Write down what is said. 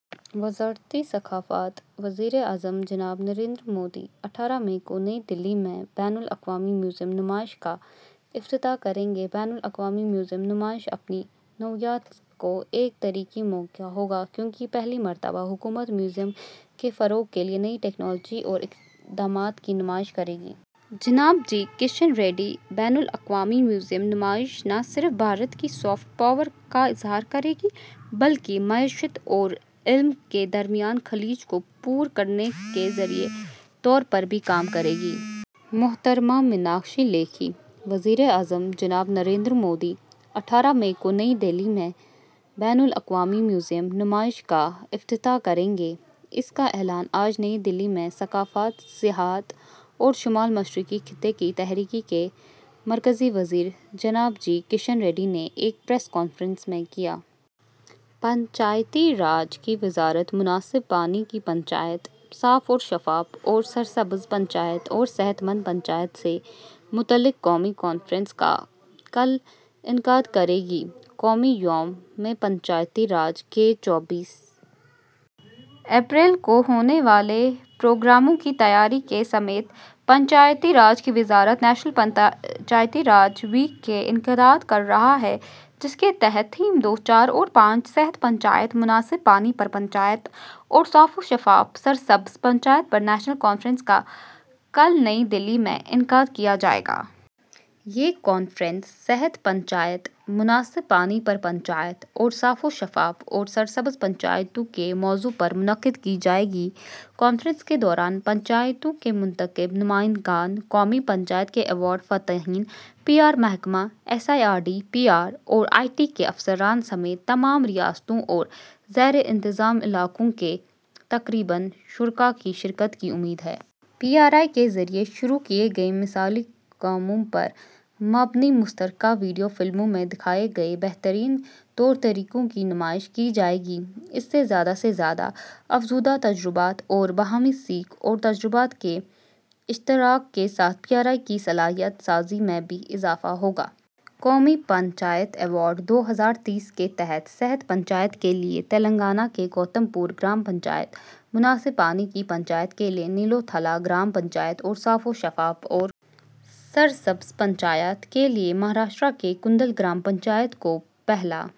وزارت ثقافت۔ وزیر اعظم جناب نریندر مودی، اٹھارہ مئی کو نئی دہلی میں بین الاقوامی میوزیم نمائش کا افتتاح کریں گے۔ بین الاقوامی میوزیم نمائش اپنی نوعیت کا ایک تاریخی موقع ہوگا، کیونکہ پہلی مرتبہ حکومت میوزیم کے فروغ کے لیے نئی ٹیکنالوجی اور اقدامات کی نمائش کرے گی۔ جناب جی کشن ریڈی۔ بین الاقوامی میوزیم نمائش نہ صرف بھارت کی سافٹ پاور کا اظہار کرے گی بلکہ معیشت اور علم کے درمیان خلیج کو پُر کرنے کے ذریعے کے طور پر بھی کام کرے گی۔ محترمہ میناکشی لیکھی۔ وزیر اعظم جناب نریندر مودی، اٹھارہ مئی کو نئی دہلی میں بین الاقوامی میوزیم نمائش کا افتتاح کریں گے۔ اس کا اعلان آج نئی دہلی میں ثقافت، سیاحت اور شمال مشرقی خطے کی ترقی کے مرکزی وزیر جناب جی کشن ریڈی نے ایک پریس کانفرنس میں کیا۔ پنچایتی راج کی وزارت مناسب پانی کی پنچایت، صاف و شفاف اور سرسبز پنچایت اور صحت مند پنچایت سے متعلق قومی کانفرنس کا کل انعقاد کرے گی۔ قومی یوم پنچایت راج کے چوبیس اپریل کو ہونے والے پروگراموں کی تیاری کی سمت میں پنچایتی راج کی وزارت قومی پنچایتی راج ایوارڈ ہفتہ کا انعقاد کر رہی ہے، جس کے تحت تھیم دو، چار اور پانچ، صحت پنچایت، مناسب پانی پر پنچایت اور صاف و شفاف اور سرسبز پنچایت پر قومی کانفرنس کا کل نئی دہلی میں انعقاد کیا جائے گا۔ یہ کانفرنس صحت پنچایت، مناسب پانی پر پنچایت اور صاف و شفاف اور سرسبز پنچایتوں کے موضوع پر منعقد کی جائے گی۔ کانفرنس کے دوران پنچایتوں کے منتخب نمائندگان، قومی پنچایت کے ایوارڈ فاتحین، پی آر محکمہ، S I R Ds, P R I T کے افسران سمیت تمام ریاستوں اور زیر انتظام علاقوں کے تقریباً شرکا کی شرکت کی امید ہے۔ پی آر آئی کے ذریعے شروع کیے گئے مثالی کاموں پر مبنی مختصر ویڈیو فلموں میں دکھائے گئے بہترین طور طریقوں کی نمائش کی جائے گی۔ اس سے زیادہ سے زیادہ افزودہ تجربات اور باہمی سیکھ اور تجربات کے اشتراک کے ساتھ پی آر آئی کی صلاحیت سازی میں بھی اضافہ ہوگا۔ قومی پنچایت ایوارڈ دو ہزار تئیس کے تحت صحت پنچایت کے لیے تلنگانہ کے گوتم پور گرام پنچایت، مناسب پانی کی پنچایت کے لیے نیلو ٹلا گرام پنچایت اور صاف و شفاف اور سرسبز پنچایت کے لیے مہاراشٹر کے کنڈل گرام پنچایت کو پہلا